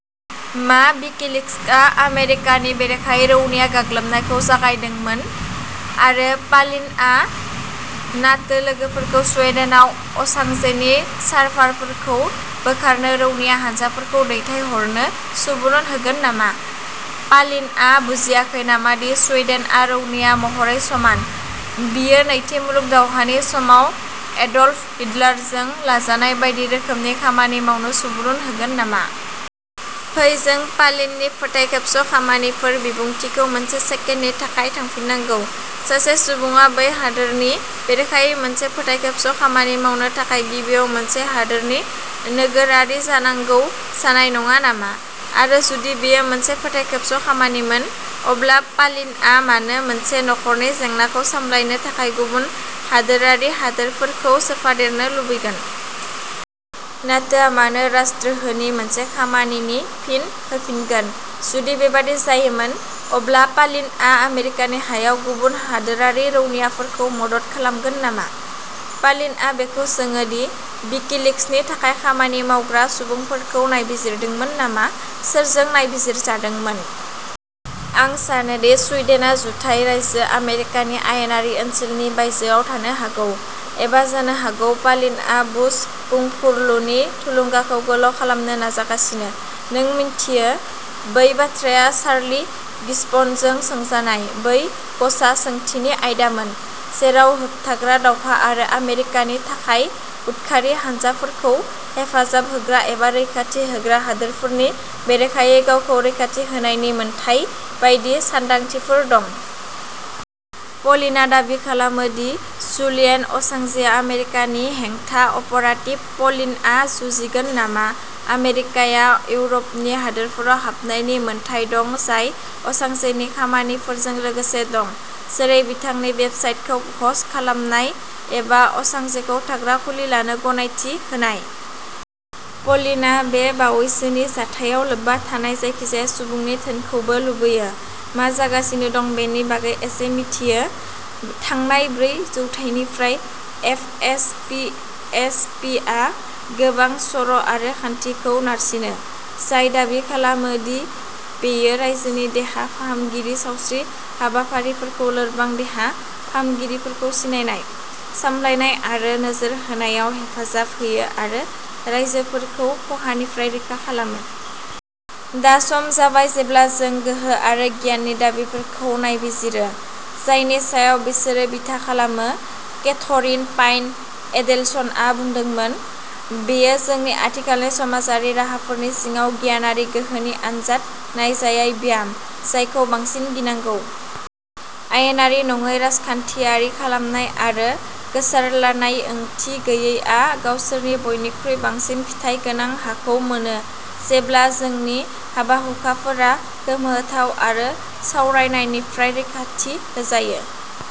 मा विकिलिक्सआ आमेरिकानि बेरेखायै रौनिया गाग्लोबनायखौ जागायदोंमोन, आरो पालिनआ नाटो लोगोफोरखौ स्वीडेनआव असांजेनि सार्भारफोरखौ बोखारनो रौनिया हानजाफोरखौ दैथायहरनो सुबुरुन होगोन नामा? पालिनआ बुजियाखै नामा दि स्वीडेनआ रौनिया महरै समान? बियो नैथि मुलुग दावहानि समाव एडल्फ हिटलारजों लाजानाय बायदि रोखोमनि खामानि मावनो सुबुरुन होगोन नामा? फै जों पालिननि "फोथायखेबस'खामानिफोर" बिबुंथिखौ मोनसे सेकेन्डनि थाखाय थांफिननांगौ। सासे सुबुङा बै हादोरनि बेरेखायै मोनसे फोथायखेबस'खामानि मावनो थाखाय गिबियाव मोनसे हादोरनि नोगोरारि जानांगौ जानाय नङा नामा, आरो जुदि बेयो मोनसे फोथायखेबस'खामानिमोन, अब्ला पालिनआ मानो मोनसे नखरारि जेंनाखौ सामलायनो थाखाय गुबुन हादोरारि हादोरफोरखौ सोफादेरनो लुबैगोन? नाटोआ मानो राजद्रोहनि मोनसे खामानिनि फिन होफिनगोन? जुदि बेबादि जायोमोन, अब्ला पालिनआ आमेरिकानि हायाव गुबुन हादोरारि रौनियाफोरखौ मदद खालामगोन नामा? पालिनआ बेखौबो सोङो दि विकिलिक्सनि थाखाय खामानि मावग्रा सुबुंफोरखौ नायबिजिरदोंमोन नामा? सोरजों नायबिजिरजादोंमोन? आं सानोदि सुइडेनआ जुथाइ रायजो आमेरिकानि आयेनारि ओनसोलनि बायजोआव थानो हागौ, एबा जानो हागौ पालिनआ बुश बुंफुरलुनि थुलुंगाखौ गोलाव खालामनो नाजागासिनो-नों मिथियो, बै बाथ्राया चार्ली गिब्सनजों सोंजानाय बै "ग'चा" सोंथिनि आयदामोन, जेराव होबथाग्रा दावहा आरो आमेरिकानि थाखाय उदखारि हानजाफोरखौ हेफाजाब होग्रा एबा रैखाथि होग्रा हादोरफोरनि बेरेखायै गावखौ रैखाथि होनायनि मोन्थाइ बायदि सानदांथिफोर दं। पालिनआ दाबि खालामो दि जुलियान असांजेआ आमेरिकानि हेंथा अपारेटिभ, पालिनआ जुजिगोन नामा आमेरिकाया इउर'पनि हादोरफोराव हाबनायनि मोन्थाइ दं जाय असांजेनि खामानिफोरजों लोगो दं, जेरै, बिथांनि वेबसाइटफोरखौ ह'स्ट खालामनाय एबा असांजेखौ थाग्रा खुलि लानो गनायथि होनाय? पालिनआ बे बावैसोनि जाथायाव लोब्बा थानाय जायखिजाया सुबुंनि धोनखौबो लुबैयो। मा जागासिनो दं बेनि बागै एसे मिथियो। थांनाय ब्रै जौथाइनिफ्राय एफएसपीएचपीआ गोबां सर'आरो खान्थि खौ नारसिनो, जाय दाबि खालामो दि बेयो रायजोनि देहा फाहामगिरि सावस्रि हाबाफारिफोरखौ लोरबां देहा फाहामगिरिफोरखौ सिनायनाय, सामलायनाय आरो नोजोर होनायाव हेफाजाब होयो आरो राइजोफोरखौ खहानिफ्राय रैखा खालामो। दा सम जाबाय जेब्ला जों गोहो आरो गियाननि दाबिफोरखौ नायबिजिरो, जायनि सायाव बिसोरो बिथा खालामो। केथरिन पाइन एडेलसनआ बुंदोंमोनः "बेयो जोंनि आथिखालनि समाजारि राहाफोरनि सिङाव गियानारि गोहोनि आनजाद नायजायै ब्याम, जायखौ बांसिन गिनांगौ। आयेनारि नङै राजखान्थियारि खालामनाय आरो गोसारद्लानाय ओंथि गैयैआ गावसोरनि बयनिख्रुइ बांसिन फिथाइ गोनां हाखौ मोनो जेब्ला जोंनि हाबा-हुखाफोरा गोमोथाव आरो सावरायनायनिफ्राय रैखाथि होजायो।